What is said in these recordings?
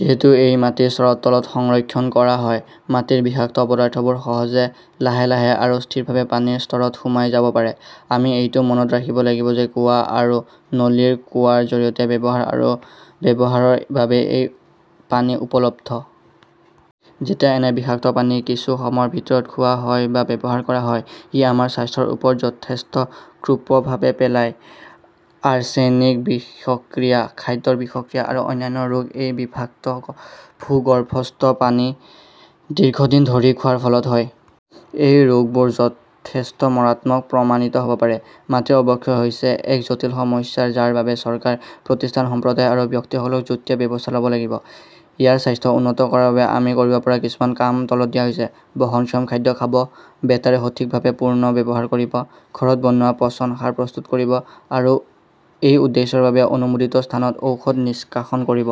যিহেতু এই পানী মাটিৰ স্তৰৰ তলত সংৰক্ষণ কৰা হয়, মাটিৰ বিষাক্ত পদাৰ্থবোৰ সহজে লাহে লাহে আৰু স্থিৰভাৱে পানীৰ স্তৰত সোমাই যাব পাৰে। আমি এইটোও মনত ৰাখিব লাগিব যে কুঁৱা আৰু নলীৰ কুঁৱাৰ জৰিয়তে ব্যৱহাৰ আৰু ব্যৱহাৰৰ বাবে এইপানী উপলব্ধ। যেতিয়া এনে বিষাক্ত পানী কিছু সময়ৰ ভিতৰত খোৱা হয় বা ব্যৱহাৰ কৰা হয়, ই আমাৰ স্বাস্থ্যৰ ওপৰত যথেষ্ট কুপ্ৰভাৱ পেলায়। আৰ্চেনিক বিষক্ৰিয়া, খাদ্যৰ বিষক্ৰিয়া আৰু অন্যান্য ৰোগ এই বিষাক্ত ভূগৰ্ভস্থ পানী দীৰ্ঘদিন ধৰি খোৱাৰ ফলত হয়। এই ৰোগবোৰ যথেষ্ট মাৰাত্মক প্ৰমাণিত হ'ব পাৰে। মাটিৰ অৱক্ষয় হৈছে এক জটিল সমস্যা যাৰ বাবে চৰকাৰ, প্ৰতিষ্ঠান, সম্প্ৰদায় আৰু ব্যক্তিসকলে যুটীয়া ব্যৱস্থা ল'ব লাগিব। ইয়াৰ স্বাস্থ্য উন্নত কৰাৰ বাবে আমি কৰিব পৰা কিছুমান কাম তলত দিয়া হৈছে: বহনক্ষম খাদ্য সামগ্ৰী খাব, বেটাৰি সঠিকভাৱে পুনৰ ব্যৱহাৰ কৰিব, ঘৰত বনোৱা পচন সাৰ প্ৰস্তুত কৰিব আৰু এই উদ্দেশ্যৰ বাবে অনুমোদিত স্থানত ঔষধ নিষ্কাশন কৰিব।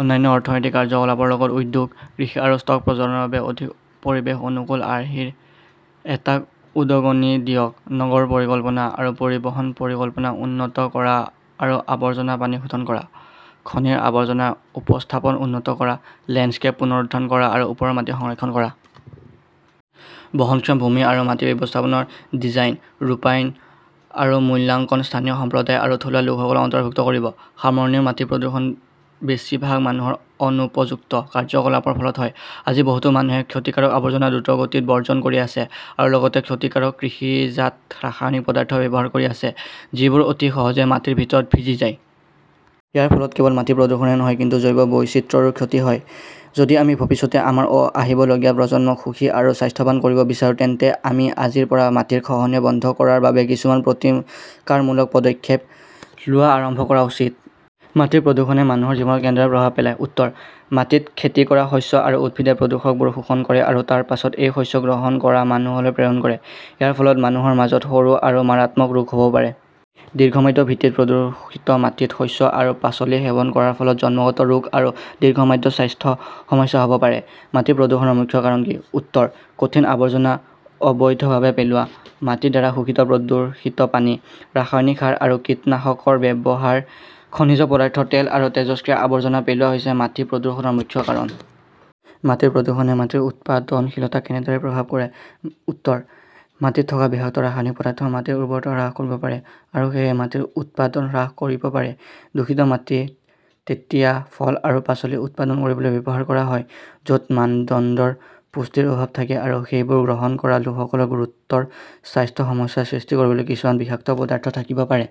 অনান্য অৰ্থনৈতিক কাৰ্যকলাপৰ লগতে উদ্যোগ, কৃষি আৰু ষ্টক প্ৰজননৰ বাবে অধিক পৰিৱেশ-অনুকূল আৰ্হি এটাক উদগনি দিয়ক। নগৰ পৰিকল্পনা আৰু পৰিবহন পৰিকল্পনা উন্নত কৰা আৰু আৱৰ্জনা পানী শোধন কৰা। খনিৰ আৱৰ্জনাৰ ব্যৱস্থাপনা উন্নত কৰা, লেণ্ডস্কেপ পুনৰুদ্ধাৰ কৰা আৰু ওপৰৰ মাটি সংৰক্ষণ কৰা। বহনক্ষম ভূমি আৰু মাটি ব্যৱস্থাপনাৰ ডিজাইন, ৰূপায়ণ আৰু মূল্যাঙ্কনত স্থানীয় সম্প্ৰদায় আৰু থলুৱা লোকসকলক অন্তৰ্ভুক্ত কৰিব। সামৰণি মাটিপ্ৰদূষণ বেছিভাগ মানুহৰ অনুপযুক্ত কাৰ্যকলাপৰ ফলত হয়। আজি, বহুতো মানুহে ক্ষতিকাৰক আৱৰ্জনা দ্ৰুতগতিত বৰ্জন কৰি আছে আৰু লগতে ক্ষতিকাৰক কৃষিজাত ৰাসায়নিক পদাৰ্থ ব্যৱহাৰ কৰি আছে যি বোৰ অতি সহজে মাটিৰ ভিতৰত ভিজি যায়। ইয়াৰ ফলত কেৱল মাটিপ্ৰদূষণেই নহয় কিন্তু জৈৱ বৈচিত্ৰ্যৰো ক্ষতি হয়। যদি আমি ভৱিষ্যতে আমাৰ আহিবলগীয়া প্ৰজন্মক সুখী আৰু স্বাস্থ্যৱান কৰিব বিচাৰো, তেন্তে আমি আজিৰ পৰা মাটিৰ খহনীয়া বন্ধ কৰাৰ বাবে কিছুমান প্ৰতিকাৰমূলক পদক্ষেপ লোৱা আৰম্ভ কৰা উচিত।. মাটিৰ প্ৰদূষণে মানুহৰ জীৱনত কেনেদৰে প্ৰভাৱ পেলায়? উত্তৰ: মাটিত খেতি কৰা শস্য আৰু উদ্ভিদে প্ৰদূষকবোৰ শোষণ কৰে আৰু তাৰ পিছত এই শস্য গ্ৰহণ কৰা মানুহলৈ প্ৰেৰণ কৰে। ইয়াৰ ফলত মানুহৰ মাজত সৰু আৰু মাৰাত্মক ৰোগ হ'ব পাৰে। দীৰ্ঘম্যাদী ভিত্তিত প্ৰদূষিত মাটিত শস্য আৰু পাচলি সেৱন কৰাৰ ফলত জন্মগত ৰোগ আৰু দীৰ্ঘম্যাদী স্বাস্থ্য সমস্যা হ'ব পাৰে।. মাটি প্ৰদূষণৰ মুখ্য কাৰণ কি? উত্তৰ: কঠিন আৱৰ্জনা অবৈধভাৱে পেলোৱা, মাটিৰ দ্বাৰা শোষিত প্ৰদূষিত পানী, ৰাসায়নিক সাৰ আৰু কীটনাশকৰ ব্যৱহাৰ, খনিজ পদাৰ্থ, তেল আৰু তেজস্ক্ৰিয় আৱৰ্জনা পেলোৱা হৈছে মাটি প্ৰদূষণৰ মুখ্য কাৰণ।. মাটিৰ প্ৰদূষণে মাটিৰ উৎপাদনশীলতাক কেনেদৰে প্ৰভাৱিত কৰে? উত্তৰ: মাটিত থকা বিষাক্ত ৰাসায়নিক পদাৰ্থই মাটিৰ উৰ্বৰতা হ্ৰাস কৰিব পাৰে আৰু সেয়েহে মাটিৰ উৎপাদন হ্ৰাস কৰিব পাৰে। দূষিত মাটি তেতিয়া ফল আৰু পাচলি উৎপাদন কৰিবলৈ ব্যৱহাৰ কৰা হয়, য'ত মানদণ্ডৰ পুষ্টিৰ অভাৱ থাকে আৰু সেইবোৰ গ্ৰহণ কৰা লোকসকলৰ গুৰুতৰ স্বাস্থ্য সমস্যা সৃষ্টি কৰিবলৈ কিছুমান বিষাক্ত পদাৰ্থ থাকিব পাৰে।.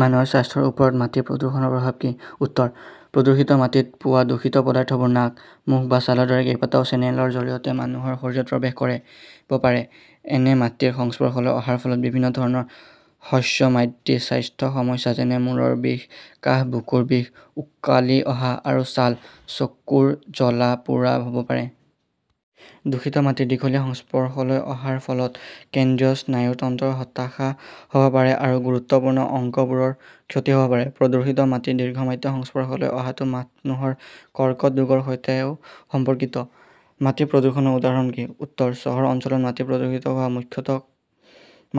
মানুহৰ স্বাস্থ্যৰ ওপৰত মাটি প্ৰদূষণৰ প্ৰভাৱ কি? উত্তৰ: প্ৰদূষিত মাটিত পোৱা দূষিত পদাৰ্থবোৰ নাক, মুখ বা ছালৰ দৰে কেইবাটাও চেনেলৰ জৰিয়তে মানুহৰ শৰীৰত প্ৰৱেশ কৰিব পাৰে। এনে মাটিৰ সংস্পৰ্শলৈ অহাৰ ফলত বিভিন্ন ধৰণৰ হ্ৰস্বম্যাদী স্বাস্থ্য সমস্যা যেনে মুৰৰ বিষ, কাহ, বুকুৰ বিষ, ওকালি অহা, আৰু ছাল/চকুৰ জ্বলা-পোৰা হ'ব পাৰে। দূষিত মাটিৰ দীঘলীয়া সংস্পৰ্শলৈ অহাৰ ফলত কেন্দ্ৰীয় স্নায়ুতন্ত্ৰৰ হতাশা হ'ব পাৰে আৰু গুৰুত্বপূৰ্ণ অঙ্গবোৰৰ ক্ষতি হ'ব পাৰে। প্ৰদূষিত মাটিৰ দীৰ্ঘম্যাদী সংস্পৰ্শলৈ অহাটো মানুহৰ কৰ্কট ৰোগৰ সৈতেও সম্পৰ্কিত।. মাটি প্ৰদূষণৰ উদাহৰণ কি? উত্তৰ: চহৰ অঞ্চলত, মাটি দূষিত হোৱাটো মুখ্যতঃ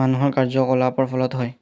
মানুহৰ কাৰ্যকলাপৰ ফলত হয়।